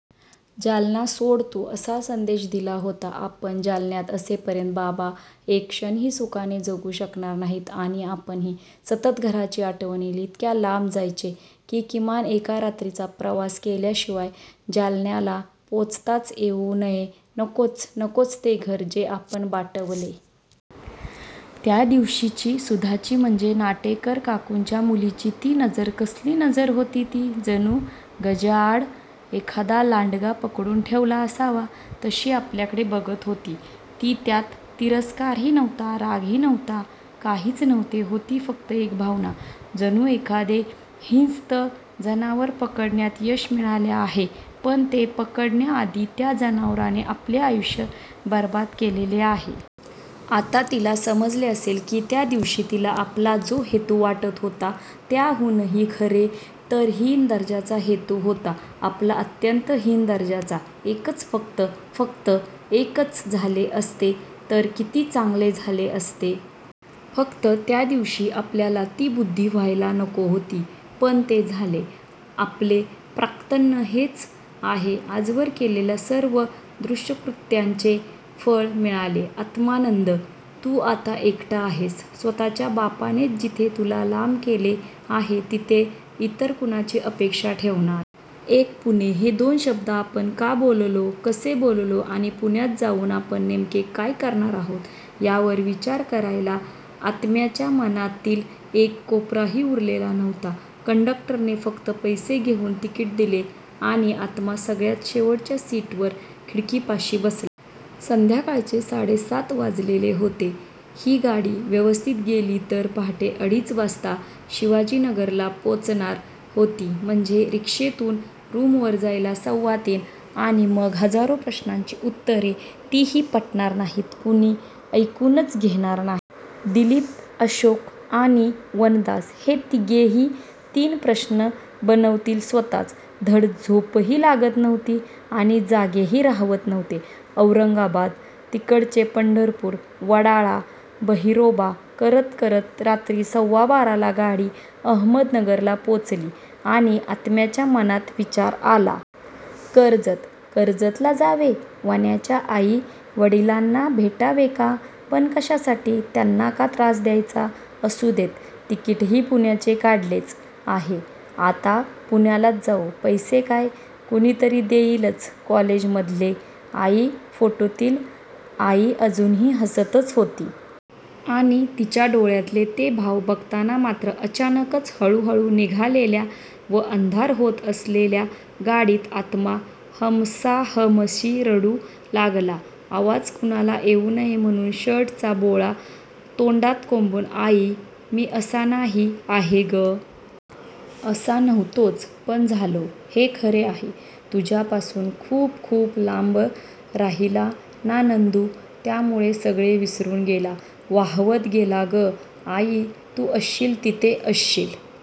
जालना सोड तू! असा संदेश दिला होता. आपण जालन्यात असेपर्यंत बाबा एक क्षणही सुखाने जगू शकणार नाहीत आणि आपणही! सतत घराची आठवण येईल. इतक्या लांब जायचे की किमान एका रात्रीचा प्रवास केल्याशिवाय जालन्याला पोचताच येऊ नये, नकोच-नकोच ते घर, जे आपण बाटवले. त्या दिवशीची सुधाची, म्हणजे नाटेकर काकूंच्या मुलीची ती नजर कसली नजर होती ती! जणू गजांआड एखादा लांडगा पकडून ठेवला असावा तशी आपल्याकडे बघत होती. ती त्यात तिरस्कारही नव्हता, रागही नव्हता, काहीच नव्हते! होती फक्त एक भावना, जणू एखादे हिंस्त जनावर पकडण्यात यश मिळाले आहे पण ते पकडण्याआधी त्या जनावराने आपले आयुष्य बरबाद केलेले आहे. आता तिला समजले असेल! की त्या दिवशी तिला आपला जो हेतू वाटत होता त्याहूनहीखरे तर हीन दर्जाचा हेतू होता आपला अत्यंत हीन दर्जाचा एकच फक्त-फक्त एकच झाले असते तर किती चांगले झाले असते! फक्त, त्या दिवशी आपल्याला ती बुद्धी व्हायला नको होती. पण ते झाले! आपले प्राक्तन हेच आहे. आजवर केलेल्या सर्व दुष्कृत्यांचे फळ मिळाले. आत्मानंद? तू आता एकटा आहेस. स्वतःच्या बापानेच जिथे तुला लांब केले आहे तिथे इतर कुणाची अपेक्षा ठेवणार. 'एक पुणे' हे दोन शब्द आपण का बोललो, कसे बोललो आणि पुण्यात जाऊन आपण नेमके काय करणार आहोत यावर विचार करायला आत्म्याच्या मनातील एक कोपराही उरलेला नव्हता. कंडक्टरने फक्त पैसे घेऊन तिकीट दिले आणि आत्मा सगळ्यात शेवटच्या सीटवर खिडकीपाशी बसला! संध्याकाळचे साडे सात वाजलेले होते. ही गाडी व्यवस्थित गेली तर पहाटे अडीच वाजता शिवाजीनगरला पोचणार होती. म्हणजे रिक्षेतून रूमवर जायला सव्वा तीन! आणि मग, हजारो प्रश्नांची उत्तरे! तीही पटणार नाहीत. कुणी ऐकूनच घेणार नाही. दिलीप, अशोक आणि वनदास, हे तिघेही तीन प्रश्न बनतील स्वतःच! धड झोपही लागत नव्हती आणि जागेही राहावत नव्हते. औरंगाबाद, तिकडचे पंढरपूर, वडाळा बहिरोबा करत करत रात्री सव्वा बाराला गाडी अहमदनगरला पोचली आणि आत्म्याच्या मनात विचार आला. कर्जत, कर्जतला जावे? वन्याच्या आई वडिलांना भेटावे का? पण, कशासाठी? त्यांना का त्रास द्यायचा? असुदेत, तिकीटही पुण्याचे काढलेच आहे. आता पुण्यालाच जाऊ! पैसे काय? कुणीतरी देईलच कॉलेजमधले! आई! फोटोतील आई अजूनही हसतच होती. आणि, तिच्या डोळ्यातले ते भाव बघताना मात्र अचानकच, हळू-हळू निघालेल्या व अंधार होत असलेल्या गाडीत आत्मा हमसाहमशी रडू लागला. आवाज कुणाला येऊ नये म्हणून शर्टचा बोळा तोंडात कोंबून आई! मी असा नाही. आहे गं! असा नव्हतोच, पण झालो हे खरे आहे. तुझ्यापासून खूप-खूप लांब राहिला ना नंदू! त्यामुळे सगळे विसरून गेला. वाहवत गेला गं! आई, तू असशील तिथे असशील--